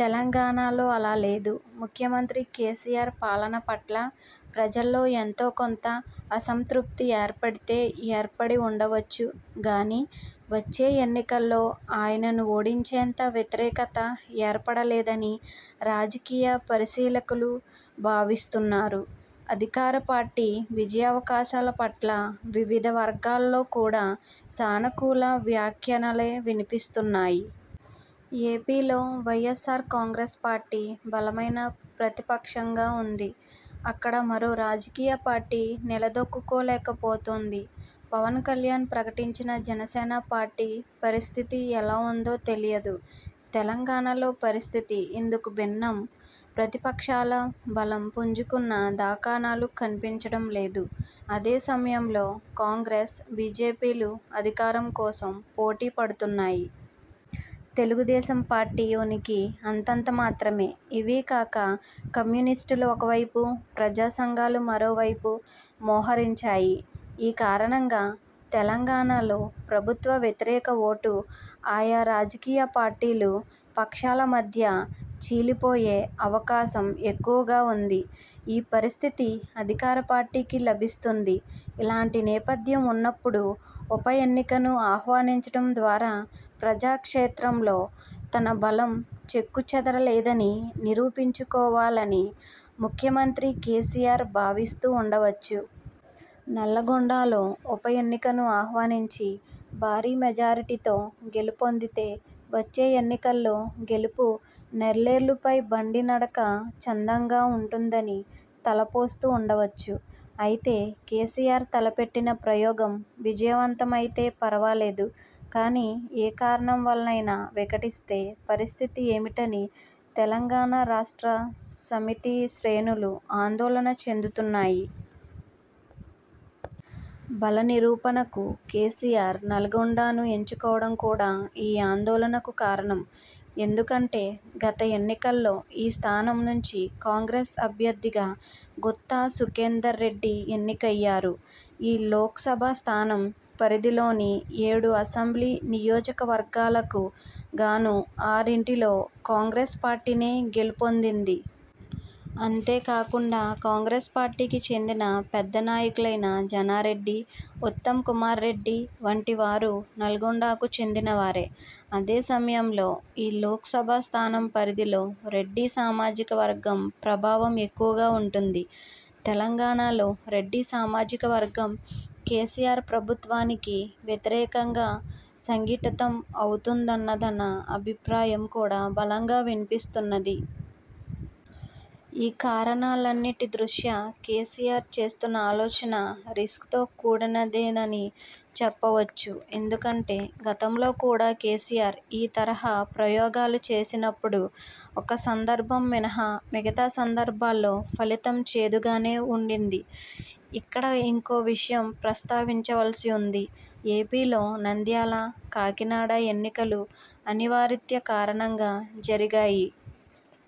తెలంగాణలో అలా లేదు. ముఖ్యమంత్రి కేసీఆర్ పాలన పట్ల ప్రజల్లో ఎంతో కొంత అసంతృప్తి ఏర్పడితే ఏర్పడి ఉండవచ్చు గానీ, వచ్చే ఎన్నికల్లో ఆయనను ఓడించేంత వ్యతిరేకత ఏర్పడలేదని రాజకీయ పరిశీలకులు భావిస్తున్నారు. అధికార పార్టీ విజయావకాశాల పట్ల వివిధ వర్గాల్లో కూడా సానుకూల వ్యాఖ్యానాలే వినిపిస్తున్నాయి. ఏపీలో వైఎస్ఆర్ కాంగ్రెస్ పార్టీ బలమైన ప్రతిపక్షంగా ఉంది. అక్కడ మరో రాజకీయ పార్టీ నిలదొక్కుకోలేకపోతోంది. పవన్ కల్యాణ్ ప్రకటించిన జనసేన పార్టీ పరిస్థితి ఎలా ఉంటుందో తెలియదు! తెలంగాణలో పరిస్థితి ఇందుకు భిన్నం. ప్రతిపక్షాలు బలం పుంజుకున్న దాఖలాలు కనిపించడం లేదు. అదే సమయంలో, కాంగ్రెస్– బీజేపీలు అధికారం కోసం పోటీ పడుతున్నాయి. తెలుగుదేశం పార్టీ ఉనికి అంతంతమాత్రమే! ఇవికాక, కమ్యూనిస్టులు ఒకవైపు, ప్రజా సంఘాలు మరోవైపు మోహరించాయి. ఈ కారణంగా, తెలంగాణలో ప్రభుత్వ వ్యతిరేక ఓటు ఆయా రాజకీయ పార్టీలు, పక్షాల మధ్య చీలిపోయే అవకాశం ఎక్కువగా ఉంది. ఈ పరిస్థితి అధికార పార్టీకి లాభిస్తుంది. ఇలాంటి నేపథ్యం ఉన్నప్పుడు ఉప ఎన్నికను ఆహ్వానించడం ద్వారా ప్రజా క్షేత్రంలో తన బలం చెక్కుచెదరలేదని నిరూపించుకోవాలని ముఖ్యమంత్రి కేసీఆర్ భావిస్తూ ఉండవచ్చు. నల్లగొండలో ఉప ఎన్నికను ఆహ్వానించి భారీ మెజారిటీతో గెలుపొందితే, వచ్చే ఎన్నికల్లో గెలుపు నల్లేరుపై బండి నడక చందంగా ఉంటుందని తలపోస్తూ ఉండవచ్చు. అయితే, కేసీఆర్ తలపెట్టిన ప్రయోగం విజయవంతమైతే ఫర్వాలేదు. కానీ, ఏ కారణం వల్లనైనా వికటిస్తే పరిస్థితి ఏమిటని తెలంగాణ రాష్ట్ర సమితి శ్రేణులు ఆందోళన చెందుతున్నాయి. బల నిరూపణకు కేసీఆర్ నల్లగొండను ఎంచుకోవడం కూడా ఈ ఆందోళనకు కారణం! ఎందుకంటే, గత ఎన్నికల్లో ఈ స్థానం నుంచి కాంగ్రెస్ అభ్యర్థిగా గుత్తా సుఖేందర్ రెడ్డి ఎన్నికయ్యారు. ఈ లోక్సభ స్థానం పరిధిలోని ఏడు అసెంబ్లీ నియోజకవర్గాలకు గాను ఆరింటిలో కాంగ్రెస్ పార్టీనే గెలుపొందింది. అంతేకాకుండా కాంగ్రెస్ పార్టీకి చెందిన పెద్ద నాయకులైన జానారెడ్డి, ఉత్తమ్ కుమార్ రెడ్డి వంటివారు నల్లగొండకు చెందినవారే! అదే సమయంలో, ఈ లోక్సభ స్థానం పరిధిలో రెడ్డి సామాజిక వర్గం ప్రభావం ఎక్కువగా ఉంటుంది. తెలంగాణలో రెడ్డి సామాజిక వర్గం కేసీఆర్ ప్రభుత్వానికి వ్యతిరేకంగా సంఘటితం అవుతున్నదన్న అభిప్రాయం కూడా బలంగా వినిపిస్తున్నది. ఈ కారణాలన్నింటి దృష్ట్యా కేసీఆర్ చేస్తున్న ఆలోచన రిస్క్తో కూడినదేనని చెప్పవచ్చు. ఎందుకంటే, గతంలో కూడా కేసీఆర్ ఈ తరహా ప్రయోగాలు చేసినప్పుడు ఒక సందర్భం మినహా మిగతా సందర్భాల్లో ఫలితం చేదుగానే ఉండింది. ఇక్కడ ఇంకో విషయం ప్రస్తావించవలసి ఉంది. ఏపీలో నంద్యాల, కాకినాడ ఎన్నికలు అనివార్యత కారణంగా జరిగాయి.